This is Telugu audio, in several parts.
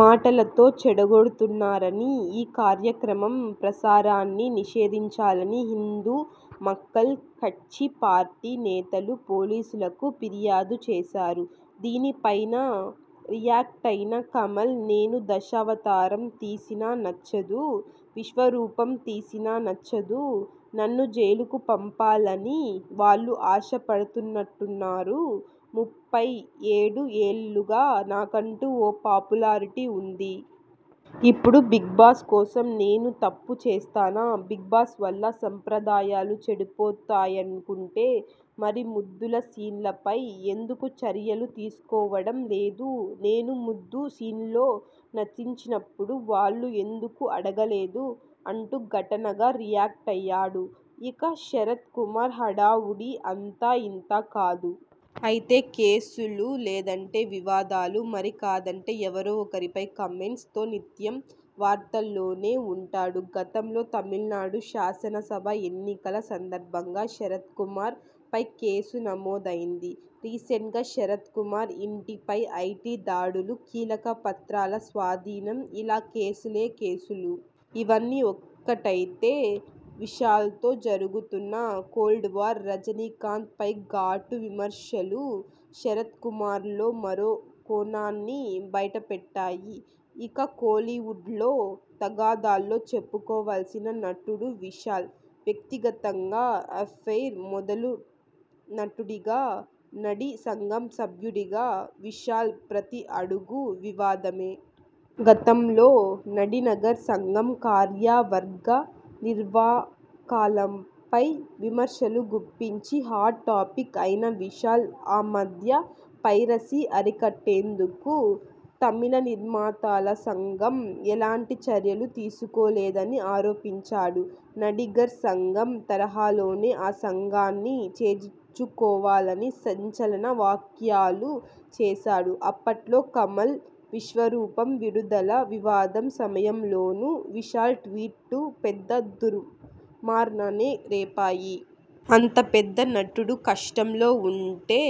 మాటలతో చెడగొడుతున్నారని, ఈ కార్యక్రమం ప్రసారాన్ని నిషేధించాలని హిందూ మక్కల్ కట్చి పార్టీ నేతలు పోలీసులకు ఫిర్యాదు చేశారు. దీని పైనా రియాక్టైన కమల్, నేను దశావతారం తీసినా నచ్చదు. విశ్వరూపం తీసినా నచ్చదు. నన్ను జైలుకి పంపాలని వాళ్లు ఆశపడుతున్నట్టున్నారు. ముప్పై ఏడు ఏళ్లుగా నాకంటూ ఓ పాపులారిటీ ఉంది. ఇప్పుడు బిగ్ బాస్ కోసం నేను తప్పు చేస్తానా? బిగ్ బాస్ వల్ల సంప్రదాయాలు చెడిపోతాయనుకుంటే మరి ముద్దుల సీన్ల పై ఎందుకు చర్యలు తీసుకోవడం లేదు, నేను ముద్దు సీన్లలో నటించినప్పుడు వాళ్లు ఎందుకు అడగలేదు? అంటూ ఘాటుగా రియాక్టయ్యాడు. ఇక శరత్ కుమార్ హడావుడి అంతా ఇంతా కాదు. అయితే కేసులు, లేదంటే వివాదాలు, మరీ కాదంటే ఎవరో ఒకరిపై కామెంట్స్ తో నిత్యం వార్తల్లోనే ఉంటాడు. గతంలో తమిళనాడు శాసన సభ ఎన్నికల సందర్భంగా శరత్ కుమార్ పై కేసు నమోదైంది. రీసెంట్గా శరత్ కుమార్ ఇంటి పై ఐటీ దాడులు, కీలక పత్రాల స్వాధీనం ఇలా కేసులే కేసులు. ఇవన్నీ ఒకెత్తైతే విశాల్తో జరుగుతున్న కోల్డ్ వార్, రజినీకాంత్ పై ఘాటు విమర్శలు శరత్ కుమార్లో మరో కోణాన్ని బయట పెట్టాయి. ఇక కోలీవుడ్లో తగాదాల్లో చెప్పుకోవాల్సిన నటుడు విశాల్. వ్యక్తిగతంగా ఎఫైర్ మొదలు నటుడిగా, నడి సంఘం సభ్యుడిగా విశాల్ ప్రతి అడుగు వివాదమే. గతంలో నడిగర్ సంఘం కార్యవర్గ నిర్వాకాలపై విమర్శలు గుప్పించి హాట్ టాపిక్ అయిన విశాల్ ఆ మధ్య పైరసీ అరికట్టేందుకు తమిళ నిర్మాతల సంఘం ఎలాంటి చర్యలు తీసుకోలేదని ఆరోపించాడు. నడిగర్ సంఘం తరహాలోనే ఆ సంఘాన్ని చేజిక్కించుకోవాలని సంచలన వ్యాఖ్యలు చేశాడు. అప్పట్లో కమల్ విశ్వరూపం విడుదల వివాదం సమయంలోనూ విశాల్ ట్వీట్లు పెద్ద దుమారాన్నే రేపాయ్. అంత పెద్ద నటుడు కష్టంలో ఉంటే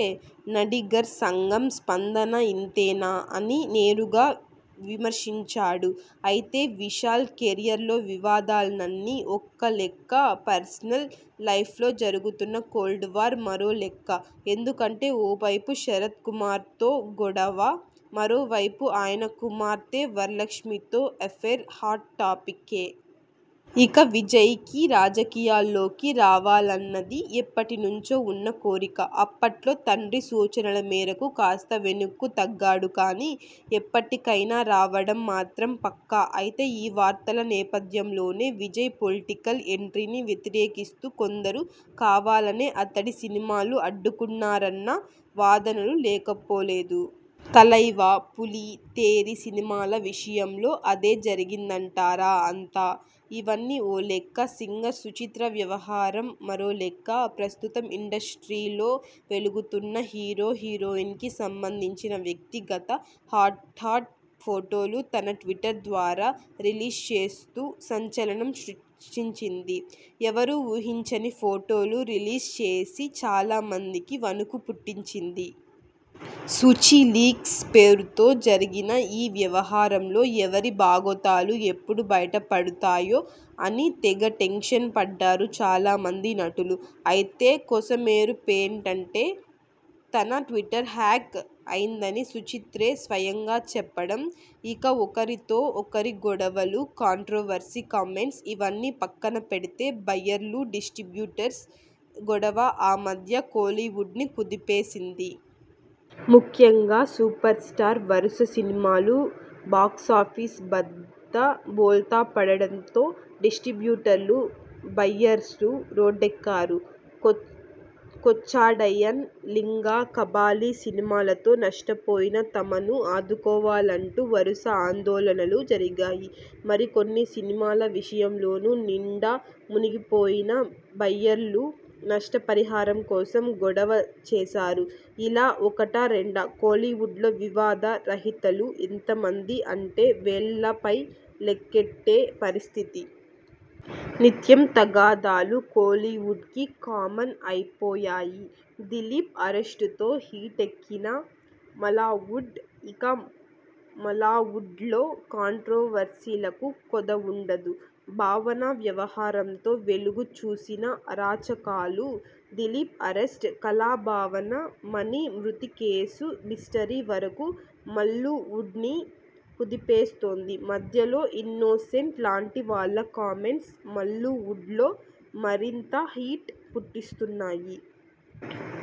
నడిగర్ సంఘం స్పందన ఇంతేనా? అని నేరుగా విమర్శించాడు. అయితే విశాల్ కెరీర్లో వివాదాలన్నీ ఓ లెక్క పర్సనల్ లైఫ్లో జరుగుతున్న కోల్డ్ వార్ మరో లెక్క. ఎందుకంటే ఓ వైపు శరత్ కూమార్తో గొడవ, మరో వైపు ఆయన కుమార్తె వరలక్ష్మితో ఎఫైర్ హాట్ టాపిక్కే. ఇక విజయ్కి రాజకీయాల్లోకి రావాలన్నది ఎప్పటి నుంచో ఉన్న కోరిక. అప్పట్లో తండ్రి సూచనల మేరకు కాస్త వెనక్కు తగ్గాడు కానీ.. ఎప్పటికైనా రావడం మాత్రం పక్కా. అయితే ఈ వార్తల నేపథ్యం లోనే విజయ్ పొలిటికల్ ఎంట్రీని వ్యతిరేకిస్తూ కొందరు కావాలనే అతడి సినిమాలు అడ్డుకుంటున్నారన్న వాదనలూ లేకపోలేదు. తలైవా, పులి, తేరి సినిమాల విషయంలో అదే జరిగిందంటారంతా. ఇవన్నీ ఓలెక్క, సింగర్ సుచిత్ర వ్యవహారం మరోలెక్క. ప్రస్తుతం ఇండస్ట్రీలో వెలుగుతున్న హీరో, హీరోయిన్స్ కి సంబంధించి వ్యక్తి గత, హాట్ హాట్ ఫొటోలు తన ట్విట్టర్ ద్వారా రిలీజ్ చేస్తూ సంచలనం సృష్టించింది. ఎవ్వరూ ఊహించని ఫొటోలు రిలీజ్ చేసి చాలామందికి వణుకు పుట్టించింది. సుచీ లీక్స్ పేరుతో జరిగిన ఈ వ్యవహారంలో ఎవరి బాగోతాలు ఎప్పుడు బయట పడతాయో అని తెగ టెన్షన్ పడ్డారు చాలామంది నటులు. అయితే కొసమెరుపేంటంటే.. తన ట్విట్టర్ హ్యాక్ అయిందని సుచిత్రే స్వయంగా చెప్పడం. ఇక ఒకరితో ఒకరి గొడవలు, కాంట్రవర్శీ కామెంట్స్ ఇవన్నీ పక్కన పెడితే బయ్యర్లు-డిస్టిబ్యూటర్స్ గొడవ ఆ మధ్య కోలీవుడ్ను కుదిపేసింది. ముఖ్యంగా సూపర్ స్టార్ వరుస సినిమాలు బాక్సాఫీస్ వద్ద బోల్తా పడడంతో డిస్టిబ్యూటర్లు-బయ్యర్లు రోడ్డెక్కారు. కొచ్చాడయ్యాన్, లింగ, కబాలీ సినిమాలతో నష్టపోయిన తమను ఆదుకోవాలంటూ వరుస ఆందోళనలు జరిగాయి. మరికొన్ని సినిమాల విషయంలోనూ నిండా మునిగిపోయిన బయ్యర్లు నష్టపరిహారం కోసం గొడవ చేశారు. ఇలా ఒకటా, రెండా కోలీవుడ్లో వివాద రహితులు ఎంతమంది అంటే వేళ్లపై లెక్కెట్టే పరిస్థితి. నిత్యం తగాదాలు కోలీవుడ్కి కామన్ అయిపోయాయి. దిలీప్ అరెస్టుతో హీటెక్కిన మల్లూవుడ్ ఇక మల్లూవుడ్లో కాంట్రవర్సీలకు కొదవుండదు. భావన వ్యవహారంతో వెలుగు చూసిన అరాచకరాలు.. దిలీప్ అరెస్ట్, కళాభవన్ మణి మృతి కేసు మిస్టరీ వరకూ మల్లూవుడ్ని కుదిపేస్తోంది. మధ్యలో ఇన్నోసెంట్ లాంటి వాళ్ల కామెంట్స్ మల్లూవుడ్లో మరింత హీట్ పుట్టిస్తున్నాయి.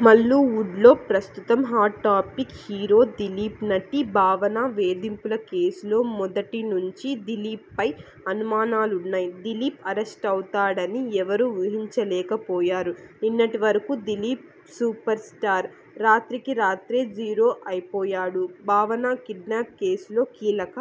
మల్లూవుడ్లో ప్రస్తుతం హాట్ టాపిక్ హీరో దిలీప్. నటి భావన వేధింపుల కేసులో మొదటి నుంచీ దిలీప్పై అనుమానులున్నా.. దిలీప్ అరెస్టవుతాడని ఎవ్వరూ ఊహించలేక పోయారు. నిన్నటి వరకూ దిలీప్ సూపర్ స్టార్. రాత్రికి రాత్రే జీరో అయిపోయాడు. భావన కిడ్నాప్ కేసులో కీలక